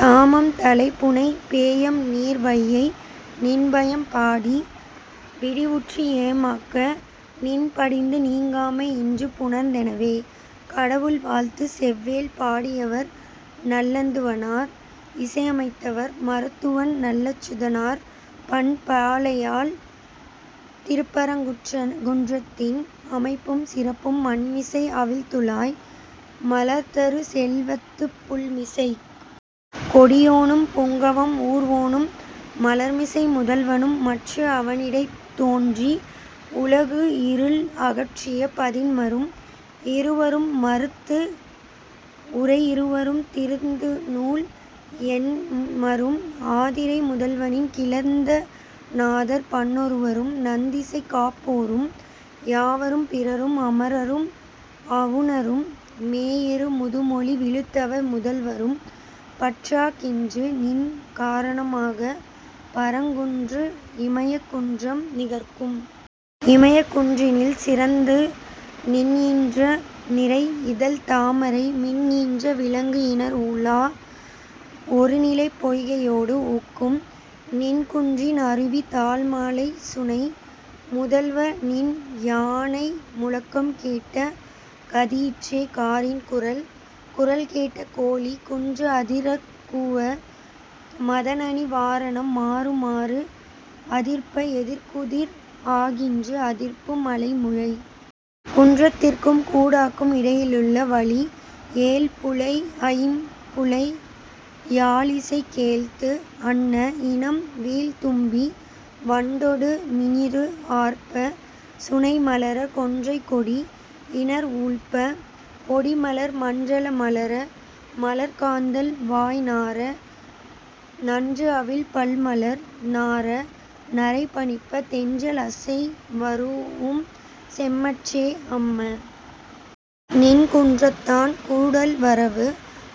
தாமம் தலை புனை பேஎம் நீர் வையை! நின் பயம் பாடி விடிவுற்று ஏமாக்க--- நின் படிந்து நீங்காமை இன்று புணர்ந்தெனவே. கடவுள் வாழ்த்து. செவ்வேள் பாடியவர், நல்லந்துவனார் இசையமைத்தவர், மருத்துவன் நல்லச்சுதனார் பண், பாலையாழ் திருப்பரங்குன்றத்தின் அமைப்பும் சிறப்பும் மண்மிசை---அவிழ்துழாய் மலர்தரு செல்வத்துப் புள்மிசைக் கொடியோனும், புங்கவம் ஊர்வோனும், மலர்மிசை முதல்வனும், மற்று அவனிடைத் தோன்றி உலகு இருள் அகற்றிய பதின்மரும், இருவரும், மருத்து உரை இருவரும், திருந்து நூல் எண்மரும், ஆதிரை முதல்வனின் கிளந்த நாதர் பன்னொருவரும், நன் திசை காப்போரும், யாவரும், பிறரும், அமரரும், அவுணரும், மேஅரு முதுமொழி விழுத் தவ முதல்வரும்--- பற்றாகின்று, நின் காரணமாக; பரங்குன்று இமயக் குன்றம் நிகர்க்கும். இமயக் குன்றினில் சிறந்து நின் ஈன்ற நிரை இதழ்த் தாமரை மின் ஈன்ற விளங்கு இணர் ஊழா ஒருநிலைப் பொய்கையோடு ஒக்கும்--- நின் குன்றின் அருவி தாழ் மாலைச் சுனை. முதல்வ! நின் யானை முழக்கம் கேட்ட கதியிற்றே காரின் குரல். குரல் கேட்ட கோழி குன்று அதிரக் கூவ, மத நனி வாரணம் மாறுமாறு அதிர்ப்ப, எதிர்குதிர் ஆகின்று அதிர்ப்பு, மலை முழை. குன்றத்திற்கும் கூடாக்கும் இடையிலுள்ள வழி ஏழ் புழை ஐம் புழை யாழ் இசை கேழ்த்து அன்ன, இனம் வீழ் தும்பி வண்டொடு மிஞிறு ஆர்ப்ப, சுனை மலர, கொன்றை கொடி இணர் ஊழ்ப்ப, கொடி மலர் மன்றல மலர, மலர் காந்தள் வாய் நாற, நன்று அவிழ் பல் மலர் நாற, நறை பனிப்ப, தென்றல் அசைவரூஉம் செம்மற்றே-- அம்ம! நின் குன்றத்தான் கூடல் வரவு.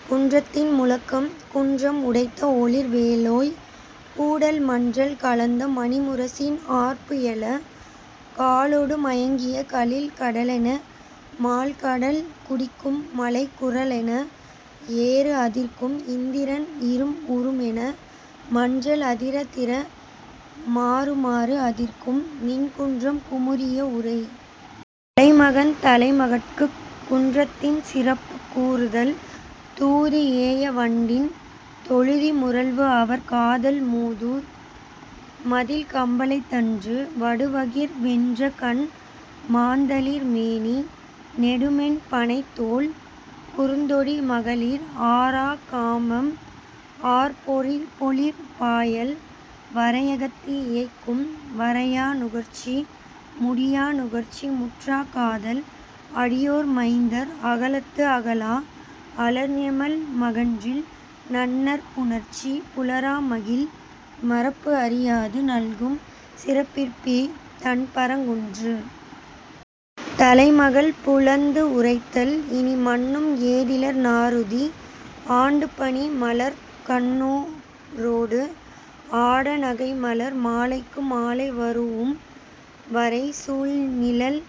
குன்றத்தின் முழக்கம் குன்றம் உடைத்த ஒளிர் வேலோய்! கூடல் மன்றல் கலந்த மணி முரசின் ஆர்ப்பு எழ, காலொடு மயங்கிய கலிழ் கடலென, மால் கடல் குடிக்கும் மழைக் குரலென, ஏறு அதிர்க்கும் இந்திரன் இரும் உருமென, மன்றல் அதிரதிர மாறுமாறு அதிர்க்கும் --நின் குன்றம் குமுறிய உரை. தலைமகன் தலைமகட்குக் குன்றத்தின் சிறப்புக் கூறுதல் 'தூது ஏய வண்டின் தொழுதி முரல்வு அவர் காதல் மூதூர் மதில் கம்பலைத்தன்று; வடு வகிர் வென்ற கண், மாந் தளிர் மேனி, நெடு மென் பணைத் தோள், குறுந் தொடி, மகளிர் ஆராக் காமம், ஆர் பொழிற் பாயல், வரையகத்து, இயைக்கும் வரையா நுகர்ச்சி; முடியா நுகர்ச்சி முற்றாக் காதல், அடியோர் மைந்தர் அகலத்து அகலா அலர் ஞெமல் மகன்றில் நன்னர்ப் புணர்ச்சி, புலரா மகிழ்; மறப்பு அறியாது நல்கும் சிறப்பிற்றே---தண் பரங்குன்று. ' தலைமகள் புலந்து உரைத்தல் 'இனி, மன்னும் ஏதிலர் நாறுதி; ஆண்டுப் பனி மலர்க் கண்ணோரோடு ஆட--நகை மலர் மாலைக்கு மாலை வரூஉம்; வரை சூள் நில்--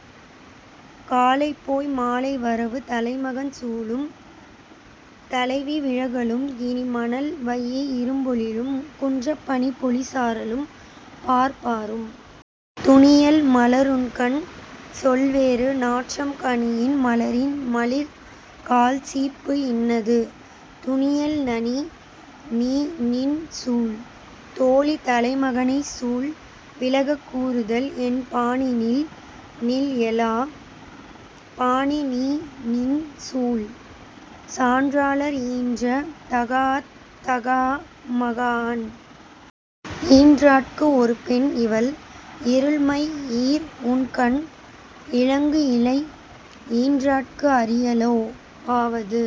காலைப் போய் மாலை வரவு. ' தலைமகன் சூளும் தலைவி விலகலும் 'இனி மணல் வையை இரும் பொழிலும், குன்றப் பனி பொழி சாரலும், பார்ப்பாரும்;.... துனியல், மலருண்கண்! சொல் வேறு; நாற்றம் கனியின் மலரின் மலிர் கால் சீப்பு இன்னது; துனியல் நனி 'நீ நின் சூள். ' தோழி தலைமகனைச் சூள் விலகக்கூறுதல் 'என் பாணி நில் நில்---எலாஅ! --பாணி நீ, நின் சூள்; சான்றாளர் ஈன்ற தகாஅத் தகாஅ மகாஅன்! -- ஈன்றாட்கு ஒரு பெண், இவள். "இருள் மை ஈர் உண் கண் இலங்கு இழை ஈன்றாட்கு அரியளோ? ஆவது